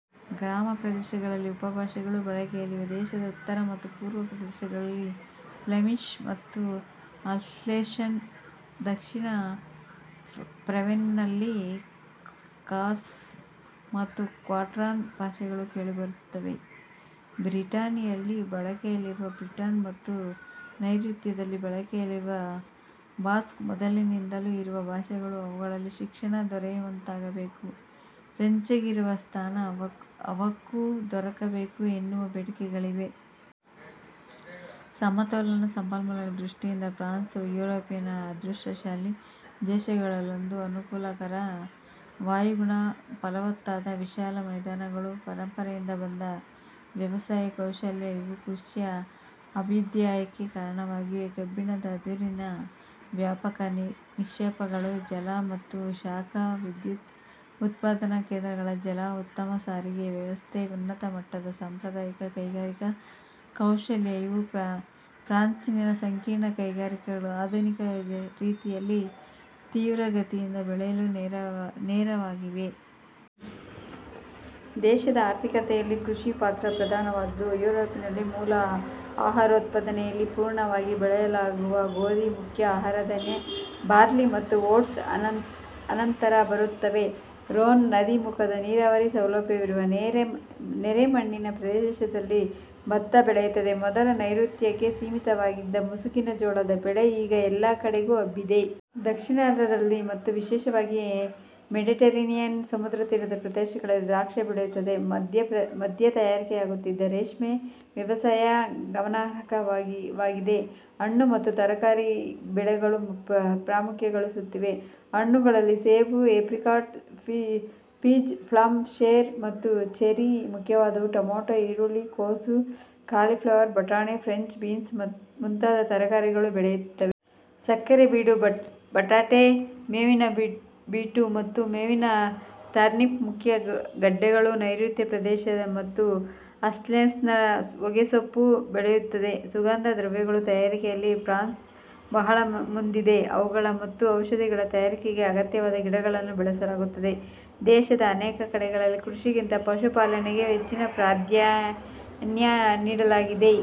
ಗ್ರಾಮ ಪ್ರದೇಶಗಳಲ್ಲಿ ಉಪಭಾಷೆಗಳು ಬಳಕೆಯಲ್ಲಿವೆ. ದೇಶದ ಉತ್ತರ ಮತ್ತು ಪೂರ್ವ ಪ್ರದೇಶಗಳಲ್ಲಿ ಫ್ಲೆಮಿಷ್ ಮತ್ತು ಅಲ್ಸೇಷನ್ ದಕ್ಷಿಣ ಪ್ರಾವೆನ್ನ್ನಲ್ಲಿ ಕಾರ್ಸ್ ಮತ್ತು ಕ್ಯಾಟರಾನ್ ಭಾಷೆಗಳು ಕೇಳುಬರುತ್ತವೆ. ಬ್ರಿಟನಿಯಲ್ಲಿ ಬಳಕೆಯಲ್ಲಿರುವ ಬ್ರಿಟನ್ ಮತ್ತು ನೈಋತ್ಯದಲ್ಲಿ ಬಳಕೆಯಲ್ಲಿರುವ ಬಾಸ್ಕ್ ಮೊದಲಿನಿಂದಲೂ ಇರುವ ಭಾಷೆಗಳು. ಅವುಗಳಲ್ಲಿ ಶಿಕ್ಷಣ ದೊರೆಯುವಂತಾಗಬೇಕು, ಫ್ರೆಂಚಿಗಿರುವ ಸ್ಥಾನ ಅವಕ್ಕೂ ದೊರಕಬೇಕು ಎನ್ನುವ ಬೇಡಿಕೆಗಳಿವೆ. ಸಮತೋಲ ಸಂಪನ್ಮೂಲಗಳ ದೃಷ್ಟಿಯಿಂದ ಫ್ರಾನ್ಸ್ ಯುರೋಪಿನ ಅದೃಷ್ಟ ಶಾಲಿ ದೇಶಗಳಲ್ಲೊಂದು. ಅನಕೂಲಕರ ವಾಯುಗುಣ, ಫಲವತ್ತಾದ ವಿಶಾಲ ಮೈದಾನಗಳು, ಪರಂಪರೆಯಿಂದ ಬಂದ ವ್ಯವಸಾಯ ಕೌಶಲ್ಯ ಇವು ಕೃಷಿಯ ಅಭ್ಯುದಯಕ್ಕೆ ಕಾರಣವಾಗಿವೆ. ಕಬ್ಬಿಣದ ಅದುರಿನ ವ್ಯಾಪಕ ನಿಕ್ಷೇಪಗಳು, ಜಲ ಮತ್ತು ಶಾಖ ವಿದ್ಯುತ್ ಉತ್ಪಾದನ ಕೇಂದ್ರಗಳ ಜಾಲ, ಉತ್ತಮ ಸಾರಿಗೆ ವ್ಯವಸ್ಥೆ, ಉನ್ನತ ಮಟ್ಟದ ಸಾಂಪ್ರದಾಯಿಕ ಕೈಗಾರಿಕಾ ಕೌಶಲ ಇವು ಫ್ರಾನ್ಸಿನ ಸಂಕೀರ್ಣ ಕೈಗಾರಿಕೆಗಳು ಆಧುನಿಕ ರೀತಿಯಲ್ಲಿ ತೀವ್ರಗತಿಯಿಂದ ಬೆಳೆಯಲು ನೆರವಾಗಿವೆ. ದೇಶದ ಆರ್ಥಿಕತೆಯಲ್ಲಿ ಕೃಷಿಯ ಪಾತ್ರ ಪ್ರಧಾನವಾದ್ದು. ಯುರೋಪಿನಲ್ಲಿ ಮೂಲ ಆಹಾರೋತ್ಪಾದನೆಯಲ್ಲಿ ಪೂರ್ಣವಾಗಿ ಬೆಳೆಯಲಾಗುವ ಗೋಧಿ ಮುಖ್ಯ ಆಹಾರಧಾನ್ಯ, ಬಾರ್ಲಿ ಮತ್ತು ಓಟ್ಸ್ ಅನಂತರ ಬರುತ್ತವೆ. ರೋನ್ ನದೀಮುಖದ, ನೀರಾವರಿ ಸೌಲಭ್ಯವಿರುವ, ನೆರೆಮಣ್ಣಿನ ಪ್ರದೇಶದಲ್ಲಿ ಭತ್ತ ಬೆಳೆಯುತ್ತದೆ. ಮೊದಲು ನೈಋತ್ಯಕ್ಕೆ ಸೀಮಿತವಾಗಿದ್ದ ಮುಸುಕಿನ ಜೋಳದ ಬೆಳೆ ಈಗ ಎಲ್ಲ ಕಡೆಗೂ ಹಬ್ಬಿದೆ. ದಕ್ಷಿಣಾರ್ಧದಲ್ಲಿ ಮತ್ತು ವಿಶೇಷವಾಗಿ ಮೆಡೆಟರೇನಿಯನ್ ಸಮುದ್ರತೀರದ ಪ್ರದೇಶಗಳಲ್ಲಿ ದ್ರಾಕ್ಷಿ ಬೆಳೆಯುತ್ತದೆ. ಮದ್ಯ ತಯಾರಿಕೆಯಾಗುತ್ತಿದೆ. ರೇಷ್ಮೆಯ ವ್ಯವಸಾಯ ಗಮನಾರ್ಹವಾಗಿದೆ, ಹಣ್ಣು ಮತ್ತು ತರಕಾರಿ ಬೆಳೆಗಳು ಪ್ರಾಮುಖ್ಯಗಳಿಸುತ್ತಿವೆ. ಹಣ್ಣುಗಳಲ್ಲಿ ಸೇಬು, ಏಪ್ರಿಕಾಟ್, ಪೀಚ್, ಪ್ಲಮ್, ಪೇರು ಮತ್ತು ಚೆರಿ ಮುಖ್ಯವಾದವು. ಟೊಮೇಟೊ, ಈರುಳ್ಳಿ, ಕೋಸು, ಕಾಲಿಫ್ಲವರ್, ಬಟಾಣಿ, ಫ್ರೆಂಚ್ ಬೀನ್ಸ್ ಮುಂತಾದ ತರಕಾರಿಗಳು ಬೆಳೆಯುತ್ತವೆ. ಸಕ್ಕರೆಬೀಟು, ಬಟಾಟೆ, ಮೇವಿನಬೀಟು ಮತ್ತು ಮೇವಿನ ಟರ್ನಿಪ್ ಮುಖ್ಯ ಗಡ್ಡೆಗಳು. ನ್ಯೆಋತ್ಯ ಪ್ರದೇಶ ಮತ್ತು ಅಲ್ಸೇಸ್ನಲ್ಲಿ ಹೊಗೆಸೊಪ್ಪು ಬೆಳೆಯುತ್ತದೆ. ಸುಗಂಧ ದ್ರವ್ಯಗಳ ತಯಾರಿಕೆಯಲ್ಲಿ ಫ್ರಾನ್ಸ್ ಬಹಳ ಮುಂದಿದೆ. ಅವುಗಳ ಮತ್ತು ಔಷಧಿಗಳ ತಯಾರಿಕೆಗೆ ಅಗತ್ಯವಾದ ಗಿಡಗಳನ್ನು ಬೆಳೆಸಲಾಗುತ್ತದೆ. ದೇಶದ ಅನೇಕ ಕಡೆಗಳಲ್ಲಿ ಕೃಷಿಗಿಂತ ಪಶುಪಾಲನೆಗೆ ಹೆಚ್ಚಿನ ಪ್ರಾಧಾನ್ಯ ನೀಡಲಾಗಿದೆ.